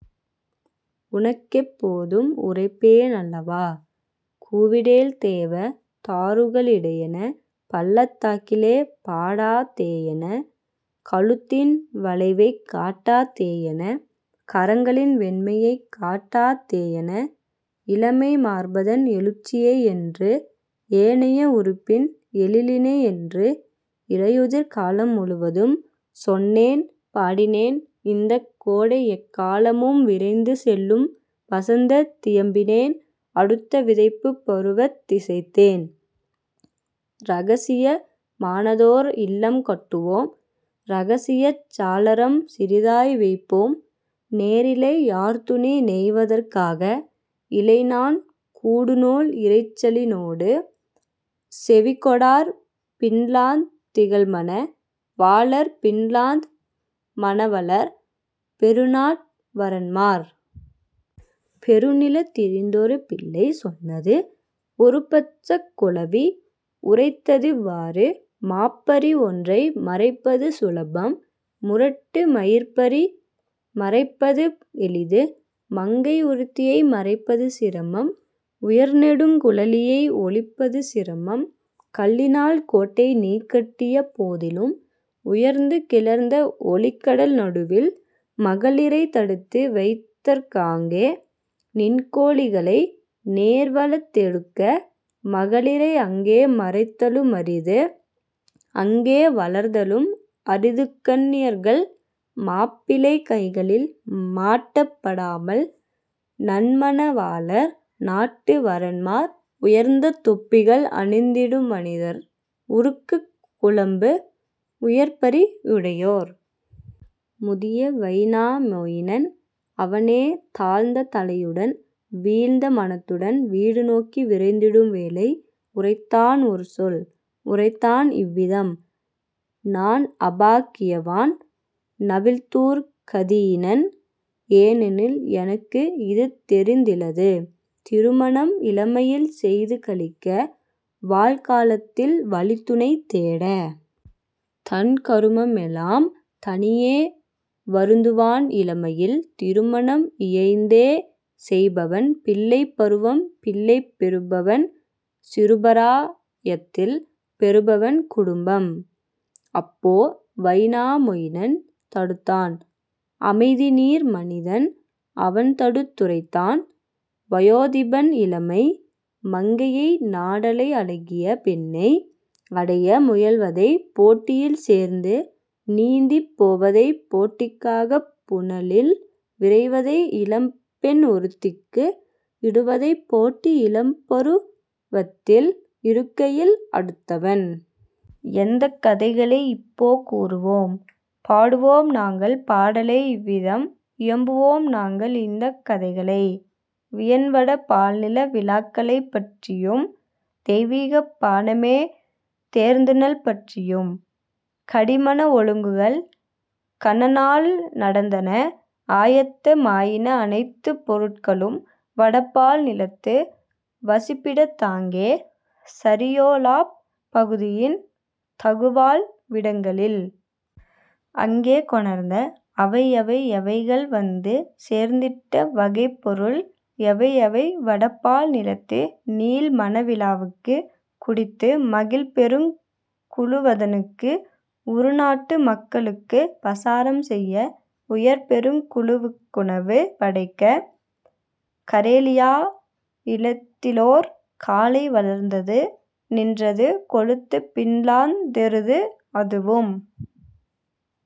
உனக்கெப் போதும் உரைப்பேன் அல்லவா,। கூவிடேல் தேவ தாருக ளிடையென, பள்ளத் தாக்கிலே பாடா தேயென, கழுத்தின் வளைவைக் காட்டா தேயென, கரங்களின் வெண்மையைக் காட்டா தேயென, இளமை மார்பதன் எழுச்சியை என்று, ஏனைய உறுப்பின் எழிலினை என்று! இலையுதிர் காலம் முழுவதும் சொன்னேன் பாடினேன் இந்தக் கோடைஎக் காலமும் விரைந்து செல்லும் வசந்தத் தியம்பினேன் அடுத்த விதைப்புப் பருவத் திசைத்தேன்: இரகசிய மானதோர் இல்லம் கட்டுவோம் இரகசியச் சாளரம் சிறிதாய் வைப்போம் நேரிழை யார்துணி நெய்வதற் காக இழைநான் கூடுநூல் இரைச்சலி னோடு, செவிகொடார் பின்லாந் திகழ்மண வாளர் பின்லாந் மணவளர், பெருநாட் வரன்மார். " பெருநிலத் திருந்தொரு பிள்ளை சொன்னது ஒருபட்சக் குழவி உரைத்ததிவ் வாறு: "மாபரி ஒன்றை மறைப்பது சுலபம் முரட்டு மயிர்ப்பரி மறைப்பது எளிது மங்கை ஒருத்தியை மறைப்பது சிரமம் உயர்நெடுங் குழலியை ஒளிப்பது சிரமம்; கல்லினால் கோட்டைநீ கட்டிய போதிலும் உயர்ந்து கிளர்ந்த ஒலிகடல் நடுவில் மகளிரைத் தடுத்து வைத்தற் காங்கே நின்கோ ழிகளை நேர்வளர்த் தெடுக்க மகளிரை அங்கே மறைத்தலு மரிது அங்கே வளர்தலும் அரிதுகன் னியர்கள் மாப்பிளை கைகளில் மாட்டப் படாமல் நன்மண வாளர், நாட்டு வரன்மார், உயர்ந்த தொப்பிகள் அணிந்திடு மனிதர் உருக்குக் குளம்பு உயர்பரி யுடையோர். " முதிய வைனா மொயினன் அவனே தாழ்ந்த தலையுடன் வீழ்ந்த மனத்துடன் வீடு நோக்கி விரைந்திடும் வேளை உரைத்தான் ஒருசொல் உரைத்தான் இவ்விதம்: "நான்அபாக் கியவான் நவில்துர்க் கதியினன் ஏனெனில் எனக்கு இதுதெரிந் திலது திருமணம் இளமையில் செய்து களிக்க வாழ்கா லத்தில் வழித்துணை தேட! தன்கரு மம்மெலாம் தனியே வருந்துவான் இளமையில் திருமணம் இயைந்தே செய்பவன் பிள்ளைப் பருவம் பிள்ளைப் பெறுபவன் சிறுபரா யத்தில் பெறுபவன் குடும்பம். " அப்போ வைனா மொயினன் தடுத்தான் அமைதிநீர் மனிதன் அவன்தடுத் துரைத்தான் வயோதிபன் இளமை மங்கையை நாடலை அழகிய பெண்ணை அடைய முயல்வதை போட்டியில் சேர்ந்து நீந்திப் போவதை போட்டிக் காகப் புனலில் விரைவதை இளம்பெண் ஒருத்திக்கு இடுவதைப் போட்டி இளம்பரு வத்தில் இருக்கையில் அடுத்தவன். எந்தக் கதைகளை இப்போ கூறுவோம்? பாடுவோம் நாங்கள் பாடலை இவ்விதம் இயம்புவோம் நாங்கள் இந்தக் கதைகளை: வியன்வட பால்நில விழாக்களைப் பற்றியும் தெய்வீகப் பானமே தேர்ந்துணல் பற்றியும். கடிமண ஒழுங்குகள் கனநாள் நடந்தன ஆயத்த மாயின அனைத்துப் பொருட்களும் வடபால் நிலத்து வசிப்பிடத் தாங்கே சரியோலாப் பகுதியின் தகுவாழ் விடங்களில். அங்கே கொணர்ந்த அவைஎவை எவைகள் வந்து சேர்ந்திட்ட வகைப்பொருள் எவைஎவை வடபால் நிலத்துநீள் மணவிழா வுக்கு குடித்து மகிழ்பெருங் குழுவத னுக்கு உறுநாட்டு மக்களுக் குபசாரம் செய்ய உயர்பெருங் குழுவுக் குணவு படைக்க. கரேலியா இடத்திலோர் காளை வளர்ந்தது நின்றது கொழுத்துப் பின்லாந் தெருது அதுவும்